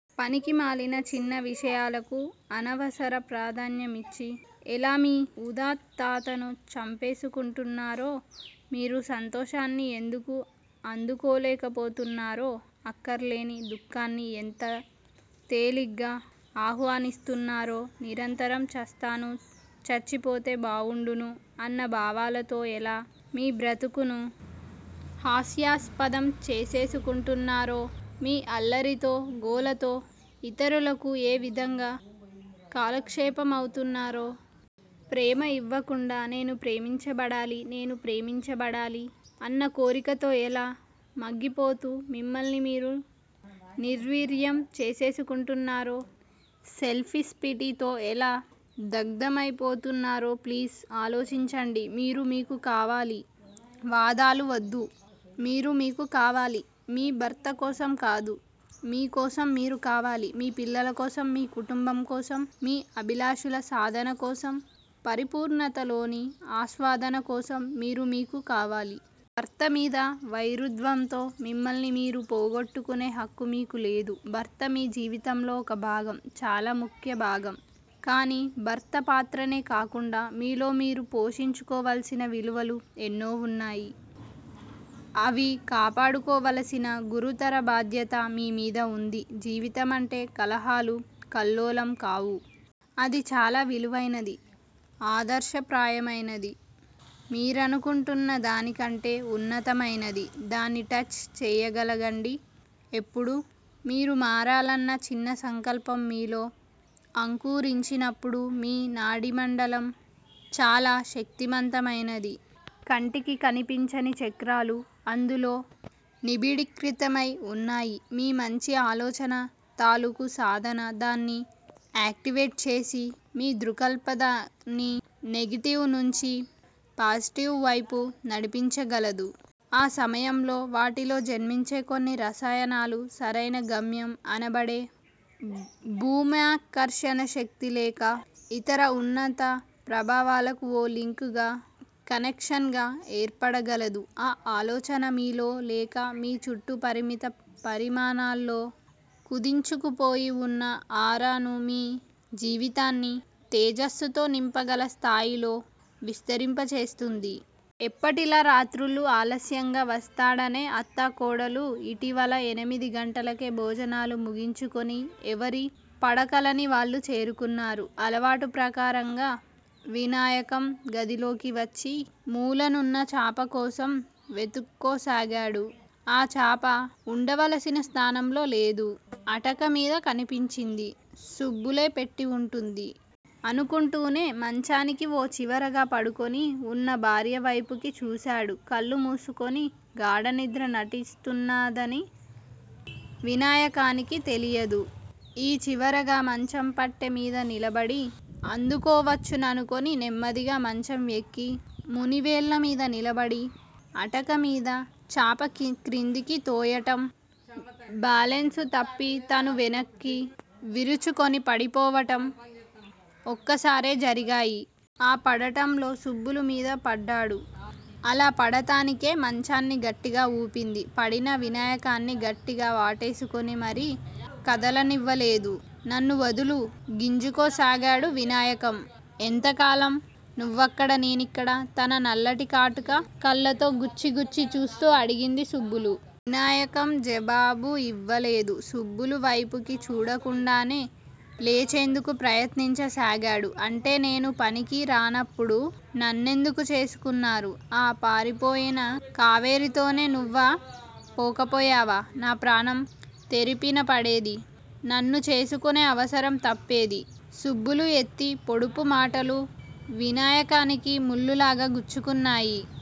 పనికిమాలిన చిన్న విషయాలకు అనవసర ప్రాధాన్యమిచ్చి ఎలా మీ ఉదాత్తతను చంపేసుకుంటున్నారో. మీరు సంతోషాన్ని ఎందుకు అందుకోలేకపోతున్నారో. అక్కర్లేని దుఃఖాన్ని ఎంత తేలిగ్గా ఆహ్వానిస్తున్నారో. నిరంతరం 'చస్తాను చచ్చిపోతే బావుండును' అన్న భావనలతో ఎలా మీ బ్రతుకును హాస్యాస్పదం చేసేసుకుంటున్నారో. మీ అల్లరితో, గోలతో ఇతరులకు ఏ విధంగా కాలక్షేపమవుతున్నారో. ప్రేమ ఇవ్వకుండా 'నేను ప్రేమించబడాలి. నేను ప్రేమించబడాలి' అన్నకోరికతో ఎలా మగ్గిపోతూ, మిమ్మల్ని మీరు నిర్వీర్యం చేసేసుకుంటున్నారో. సెల్ఫ్పిటీతో ఎలా దగ్ధమైపోతున్నారో ప్లీజ్! ఆలోచించండి మీరు మీకు కావాలి. వాదాలు వద్దు. మీరు మీకు కావాలి. మీ భర్తకోసం కాదు, మీకోసం మీరు కావాలి. మీ పిల్లలకోసం, మీ కుటుంబంకోసం, మీ అభిలాషల సాధనకోసం, పరిపూర్ణతలోని ఆస్వాదన కోసం మీరు మీకు కావాలి. భర్త మీది వైరుధ్యంతో మిమ్మల్ని మీరు పోగొట్టుకునే హక్కు మీకు లేదు! భర్త మీ జీవితంలో ఒక భాగం. చాలా ముఖ్యభాగం. కాని భర్తపాత్రనే కాకుండా మీలో మీరు పోషించవలసిన విలువలు ఎన్నో వున్నాయి. అవి కాపాడుకోవలసిన గురుతర బాధ్యత మీమీద వుంది. జీవితమంటే కలహాలూ, కల్లోలం కావు. అది చాల విలువైనదీ, ఆదర్శప్రాయమైనదీ, మీరనుకుంటున్న దానికంటే ఉన్నతమైనదీ. దాన్ని టచ్ చేయగలగండి. ఎప్పుడు? మీరు మారాలన్న చిన్న సంకల్పం మీలో అంకురించినప్పుడు. మీ నాడీమండలం చాలా శక్తిమంతమైనది. కంటికి కనిపించని 'చక్రాలు' అందులో నిబిడీకృతమై వున్నాయి. మీ మంచి ఆలోచన తాలుకు సాధన దాన్ని ఆక్టివేట్ చేసి మీ దృక్పథాన్ని నెగెటివ్ నుంచి పాజిటివ్ వైపు నడిపించగలదు. ఆ సమయంలో వాటిలో జనించే కొన్ని రసాయనాలు సరియైన గమ్యం అనబడే భూమ్యాకర్షణ శక్తి లేక ఇతర ఉన్నత ప్రభావాలకు ఓ లింక్ గా, కనెక్షన్ గా ఏర్పడగలదు. ఆ ఆలోచన మీలో లేక మీ చుట్టూ పరిమిత పరిమాణాల్లో కుదించుకుపోయి వున్న 'ఆరా'ను మీ జీవితాన్ని తేజస్సుతో నింపగల స్థాయిలో విస్తరింపచేస్తుంది. ఎప్పటిలా రాత్రిళ్ళు ఆలస్యంగా వస్తాడనే అత్తా కోడలు యిటీవల ఎనిమిది గంటలకే భోజనాలు ముగించుకుని ఎవరి పడకలనివాళ్ళు చేరుతున్నారు. అలవాటు ప్రకారంగా వినాయకం గదిలోకి వచ్చి మూలనున్న చాప కోసం వెతుక్కోసాగాడు. ఆ చాప వుండవలసిన స్తానంలో లేదు. ఆటక మీద కనిపించింది. సుబ్బులే పెట్టివుంటుంది! అనుకుంటూనే మంచంకి ఓ చివరగా పడుకుని వున్న భార్యవైపుకి చూశాడు. కళ్ళు మూసుకుని గాఢ నిద్ర నటించుతున్నదని వినాయకానికి తెలియదు. ఈ చివరగా మంచం పట్టె మీద నిలబడి అందుకోవచ్చుననుకుని నెమ్మదిగా మంచంఎక్కి మునివేళ్ళమీద నిలబడి అటకమీద చాపక్రిందకి తోయటం, బాలెన్సు తప్పి తను వెనక్కి విరుచుకుని పడిపోవటం ఒక్కసారే జరిగాయి. ఆ పడటంలో సుబ్బులు మీద పడ్డాడు. అలా పడతానికే మంచాన్ని గట్టిగా ఊపింది. పడిన వినాయకాన్ని గట్టిగా వాటేసుకుని మరి కదలనివ్వలేదు. నన్ను వదులు! గింజుకోసాగాడు వినాయకం. ఎంత కాలం నువ్వక్కడ? నేనిక్కడ? తన నల్లటి కాటుక కళ్ళతో గుచ్చి గుచ్చి చూస్తూ అడిగింది సుబ్బులు. వినాయకం జవాబు యివ్వలేదు. సుబ్బులు వైపుకి చూడకుండానే లేచేందుకు ప్రయత్నించసాగాడు. అంటే? నేను పనికి రానప్పుడు నన్నెందుకు చేసుకున్నారు? ఆ పారిపోయిన కావేరితోనే నువ్వా పోకపోయావా? నా ప్రాణం తెరిపినపడేది. నిన్ను చేసుకునే అవసరం తప్పేది. సుబ్బులు ఎత్తి పొడుపు మాటలు వినాయకానికి ముల్లులాగా గుచ్చుకున్నాయి.